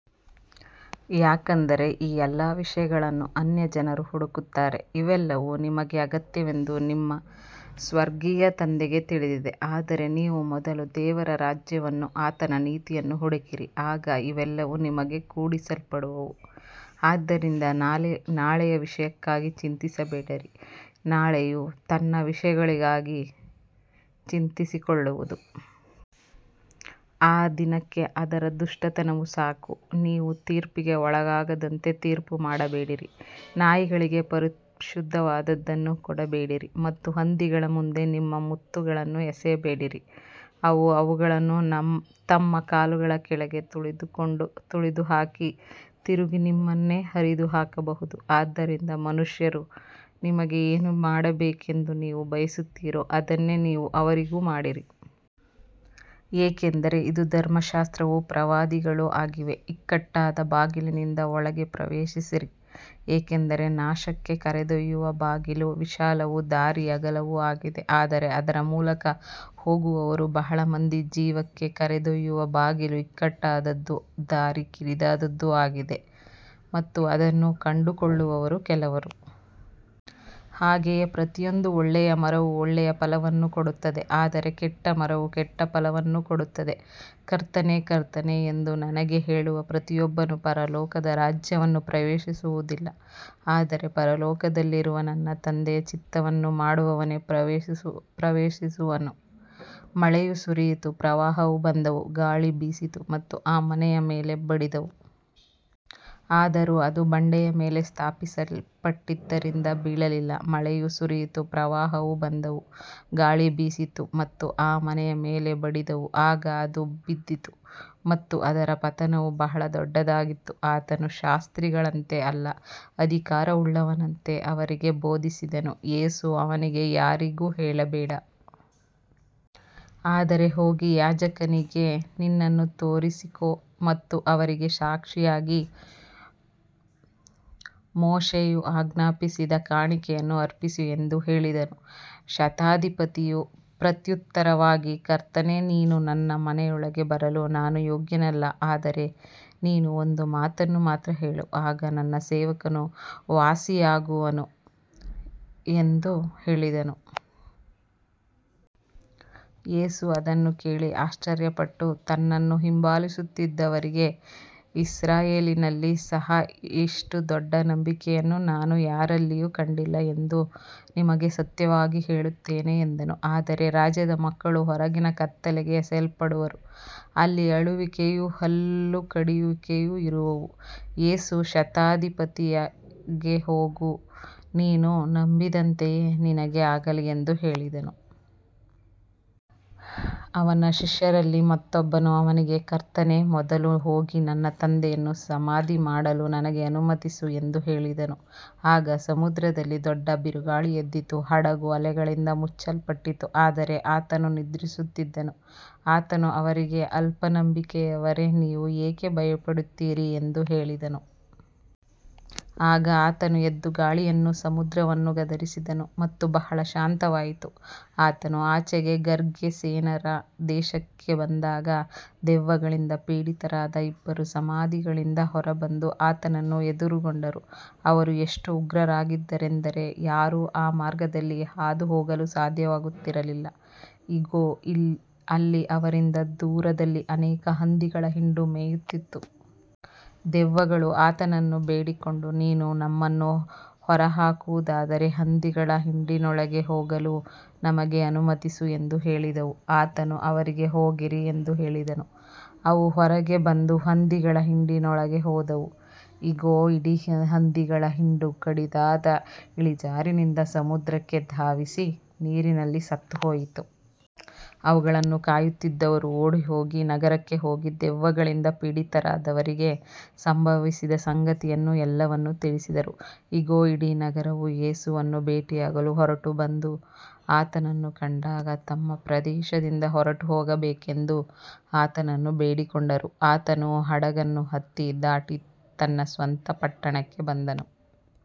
ಯಾಕಂದರೆ ಈ ಎಲ್ಲಾ ವಿಷಯಗಳನ್ನು ಅನ್ಯಜನರು ಹುಡುಕುತ್ತಾರೆ. ಇವೆಲ್ಲವೂ ನಿಮಗೆ ಅಗತ್ಯವೆಂದು ನಿಮ್ಮ ಸ್ವರ್ಗೀಯ ತಂದೆಗೆ ತಿಳಿದಿದೆ. ಆದರೆ ನೀವು ಮೊದಲು ದೇವರ ರಾಜ್ಯವನ್ನೂ ಆತನ ನೀತಿಯನ್ನೂ ಹುಡುಕಿರಿ, ಆಗ ಇವೆಲ್ಲವೂ ನಿಮಗೆ ಕೂಡಿಸಲ್ಪಡುವವು. ಆದ್ದರಿಂದ ನಾಳೆಯ ವಿಷಯಕ್ಕಾಗಿ ಚಿಂತಿಸಬೇಡಿರಿ, ನಾಳೆಯು ತನ್ನ ವಿಷಯಗಳಿಗಾಗಿ ಚಿಂತಿಸಿಕೊಳ್ಳುವುದು. ಆ ದಿನಕ್ಕೆ ಅದರ ದುಷ್ಟತನವು ಸಾಕು. ನೀವು ತೀರ್ಪಿಗೆ ಒಳಗಾಗದಂತೆ ತೀರ್ಪು ಮಾಡಬೇಡಿರಿ. ನಾಯಿಗಳಿಗೆ ಪರಿಶುದ್ಧವಾದದ್ದನ್ನು ಕೊಡಬೇಡಿರಿ ಮತ್ತು ಹಂದಿಗಳ ಮುಂದೆ ನಿಮ್ಮ ಮುತ್ತುಗಳನ್ನು ಎಸೆಯಬೇಡಿರಿ. ಅವು ಅವುಗಳನ್ನು ತಮ್ಮ ಕಾಲುಗಳ ಕೆಳಗೆ ತುಳಿದುಹಾಕಿ ತಿರುಗಿ ನಿಮ್ಮನ್ನೇ ಹರಿದುಹಾಕಬಹುದು. ಆದ್ದರಿಂದ ಮನುಷ್ಯರು ನಿಮಗೆ ಏನು ಮಾಡಬೇಕೆಂದು ನೀವು ಬಯಸುತ್ತೀರೋ ಅದನ್ನೇ ನೀವು ಅವರಿಗೂ ಮಾಡಿರಿ. ಏಕೆಂದರೆ ಇದು ಧರ್ಮಶಾಸ್ತ್ರವೂ ಪ್ರವಾದಿಗಳೂ ಆಗಿವೆ. ಇಕ್ಕಟ್ಟಾದ ಬಾಗಿಲಿನಿಂದ ಒಳಗೆ ಪ್ರವೇಶಿಸಿರಿ. ಏಕೆಂದರೆ ನಾಶಕ್ಕೆ ಕರೆದೊಯ್ಯುವ ಬಾಗಿಲು ವಿಶಾಲವೂ ದಾರಿ ಅಗಲವೂ ಆಗಿದೆ ಮತ್ತು ಅದರ ಮೂಲಕ ಹೋಗುವವರು ಬಹಳ ಮಂದಿ. ಜೀವಕ್ಕೆ ಕರೆದೊಯ್ಯುವ ಬಾಗಿಲು ಇಕ್ಕಟ್ಟಾದದ್ದೂ ದಾರಿ ಕಿರಿದಾದದ್ದೂ ಆಗಿದೆ ಮತ್ತು ಅದನ್ನು ಕಂಡುಕೊಳ್ಳುವವರು ಕೆಲವರು. ಹಾಗೆಯೇ ಪ್ರತಿಯೊಂದು ಒಳ್ಳೆಯ ಮರವು ಒಳ್ಳೆಯ ಫಲವನ್ನು ಕೊಡುತ್ತದೆ, ಆದರೆ ಕೆಟ್ಟ ಮರವು ಕೆಟ್ಟ ಫಲವನ್ನು ಕೊಡುತ್ತದೆ. ಕರ್ತನೇ, ಕರ್ತನೇ ಎಂದು ನನಗೆ ಹೇಳುವ ಪ್ರತಿಯೊಬ್ಬನು ಪರಲೋಕದ ರಾಜ್ಯವನ್ನು ಪ್ರವೇಶಿಸುವುದಿಲ್ಲ. ಆದರೆ ಪರಲೋಕದಲ್ಲಿರುವ ನನ್ನ ತಂದೆಯ ಚಿತ್ತವನ್ನು ಮಾಡುವವನೇ ಪ್ರವೇಶಿಸುವನು. ಮಳೆಯು ಸುರಿಯಿತು, ಪ್ರವಾಹಗಳು ಬಂದವು, ಗಾಳಿ ಬೀಸಿತು ಮತ್ತು ಆ ಮನೆಯ ಮೇಲೆ ಬಡಿದವು. ಆದರೂ ಅದು ಬಂಡೆಯ ಮೇಲೆ ಸ್ಥಾಪಿಸಲ್ಪಟ್ಟಿದ್ದರಿಂದ ಬೀಳಲಿಲ್ಲ. ಮಳೆಯು ಸುರಿಯಿತು, ಪ್ರವಾಹಗಳು ಬಂದವು, ಗಾಳಿ ಬೀಸಿತು ಮತ್ತು ಆ ಮನೆಯ ಮೇಲೆ ಬಡಿದವು. ಆಗ ಅದು ಬಿದ್ದಿತು ಮತ್ತು ಅದರ ಪತನವು ಬಹಳ ದೊಡ್ಡದಾಗಿತ್ತು. ಆತನು ಶಾಸ್ತ್ರಿಗಳಂತೆ ಅಲ್ಲ, ಅಧಿಕಾರವುಳ್ಳವನಂತೆ ಅವರಿಗೆ ಬೋಧಿಸಿದನು. ಯೇಸು ಅವನಿಗೆ, ಯಾರಿಗೂ ಹೇಳಬೇಡ. ಆದರೆ ಹೋಗಿ ಯಾಜಕನಿಗೆ ನಿನ್ನನ್ನು ತೋರಿಸಿಕೊ ಮತ್ತು ಅವರಿಗೆ ಸಾಕ್ಷಿಯಾಗಿ ಮೋಶೆಯು ಆಜ್ಞಾಪಿಸಿದ ಕಾಣಿಕೆಯನ್ನು ಅರ್ಪಿಸು ಎಂದು ಹೇಳಿದನು. ಶತಾಧಿಪತಿಯು ಪ್ರತ್ಯುತ್ತರವಾಗಿ, ಕರ್ತನೇ, ನೀನು ನನ್ನ ಮನೆಯೊಳಗೆ ಬರಲು ನಾನು ಯೋಗ್ಯನಲ್ಲ. ಆದರೆ ನೀನು ಒಂದು ಮಾತನ್ನು ಮಾತ್ರ ಹೇಳು, ಆಗ ನನ್ನ ಸೇವಕನು ವಾಸಿಯಾಗುವನು ಎಂದು ಹೇಳಿದನು. ಯೇಸು ಅದನ್ನು ಕೇಳಿ ಆಶ್ಚರ್ಯಪಟ್ಟು, ತನ್ನನ್ನು ಹಿಂಬಾಲಿಸುತ್ತಿದ್ದವರಿಗೆ, ಇಸ್ರಾಯೇಲಿನಲ್ಲಿ ಸಹ ಇಷ್ಟು ದೊಡ್ಡ ನಂಬಿಕೆಯನ್ನು ನಾನು ಯಾರಲ್ಲಿಯೂ ಕಂಡಿಲ್ಲ ಎಂದು ನಿಮಗೆ ಸತ್ಯವಾಗಿ ಹೇಳುತ್ತೇನೆ ಎಂದನು. ಆದರೆ ರಾಜ್ಯದ ಮಕ್ಕಳು ಹೊರಗಿನ ಕತ್ತಲೆಗೆ ಎಸೆಯಲ್ಪಡುವರು. ಅಲ್ಲಿ ಅಳುವಿಕೆಯೂ ಹಲ್ಲು ಕಡಿಯುವಿಕೆಯೂ ಇರುವವು. ಯೇಸು ಶತಾಧಿಪತಿಗೆ, ಹೋಗು, ನೀನು ನಂಬಿದಂತೆಯೇ ನಿನಗೆ ಆಗಲಿ ಎಂದು ಹೇಳಿದನು. ಅವನ ಶಿಷ್ಯರಲ್ಲಿ ಮತ್ತೊಬ್ಬನು ಅವನಿಗೆ, ಕರ್ತನೇ, ಮೊದಲು ಹೋಗಿ ನನ್ನ ತಂದೆಯನ್ನು ಸಮಾಧಿ ಮಾಡಲು ನನಗೆ ಅನುಮತಿಸು ಎಂದು ಹೇಳಿದನು. ಆಗ ಸಮುದ್ರದಲ್ಲಿ ದೊಡ್ಡ ಬಿರುಗಾಳಿ ಎದ್ದಿತು. ಹಡಗು ಅಲೆಗಳಿಂದ ಮುಚ್ಚಲ್ಪಟ್ಟಿತು, ಆದರೆ ಆತನು ನಿದ್ರಿಸುತ್ತಿದ್ದನು. ಆತನು ಅವರಿಗೆ, ಅಲ್ಪನಂಬಿಕೆಯವರೇ, ನೀವು ಏಕೆ ಭಯಪಡುತ್ತೀರಿ ಎಂದು ಹೇಳಿದನು. ಆಗ ಆತನು ಎದ್ದು ಗಾಳಿಯನ್ನೂ ಸಮುದ್ರವನ್ನೂ ಗದರಿಸಿದನು ಮತ್ತು ಬಹಳ ಶಾಂತವಾಯಿತು. ಆತನು ಆಚೆಗೆ ಗೆರ್ಗೆಸೇನರ ದೇಶಕ್ಕೆ ಬಂದಾಗ, ದೆವ್ವಗಳಿಂದ ಪೀಡಿತರಾದ ಇಬ್ಬರು ಸಮಾಧಿಗಳಿಂದ ಹೊರಬಂದು ಆತನನ್ನು ಎದುರುಗೊಂಡರು. ಅವರು ಎಷ್ಟು ಉಗ್ರರಾಗಿದ್ದರೆಂದರೆ ಯಾರೂ ಆ ಮಾರ್ಗದಲ್ಲಿ ಹಾದುಹೋಗಲು ಸಾಧ್ಯವಾಗುತ್ತಿರಲಿಲ್ಲ. ಇಗೋ, ಅಲ್ಲಿ ಅವರಿಂದ ದೂರದಲ್ಲಿ ಅನೇಕ ಹಂದಿಗಳ ಹಿಂಡು ಮೇಯುತ್ತಿತ್ತು. ದೆವ್ವಗಳು ಆತನನ್ನು ಬೇಡಿಕೊಂಡು, ನೀನು ನಮ್ಮನ್ನು ಹೊರಹಾಕುವುದಾದರೆ, ಹಂದಿಗಳ ಹಿಂಡಿನೊಳಗೆ ಹೋಗಲು ನಮಗೆ ಅನುಮತಿಸು ಎಂದು ಹೇಳಿದವು. ಆತನು ಅವರಿಗೆ, ಹೋಗಿರಿ ಎಂದು ಹೇಳಿದನು. ಅವು ಹೊರಗೆ ಬಂದು ಹಂದಿಗಳ ಹಿಂಡಿನೊಳಗೆ ಹೋದವು. ಇಗೋ, ಇಡೀ ಹಂದಿಗಳ ಹಿಂಡು ಕಡಿದಾದ ಇಳಿಜಾರಿನಿಂದ ಸಮುದ್ರಕ್ಕೆ ಧಾವಿಸಿ ನೀರಿನಲ್ಲಿ ಸತ್ತುಹೋಯಿತು. ಅವುಗಳನ್ನು ಕಾಯುತ್ತಿದ್ದವರು ಓಡಿಹೋಗಿ ನಗರಕ್ಕೆ ಹೋಗಿ, ದೆವ್ವಗಳಿಂದ ಪೀಡಿತರಾದವರಿಗೆ ಸಂಭವಿಸಿದ ಸಂಗತಿಯನ್ನೂ ಎಲ್ಲವನ್ನೂ ತಿಳಿಸಿದರು. ಇಗೋ, ಇಡೀ ನಗರವು ಯೇಸುವನ್ನು ಭೇಟಿಯಾಗಲು ಹೊರಟುಬಂದು, ಆತನನ್ನು ಕಂಡಾಗ ತಮ್ಮ ಪ್ರದೇಶದಿಂದ ಹೊರಟುಹೋಗಬೇಕೆಂದು ಆತನನ್ನು ಬೇಡಿಕೊಂಡರು. ಆತನು ಹಡಗನ್ನು ಹತ್ತಿ ದಾಟಿ ತನ್ನ ಸ್ವಂತ ಪಟ್ಟಣಕ್ಕೆ ಬಂದನು.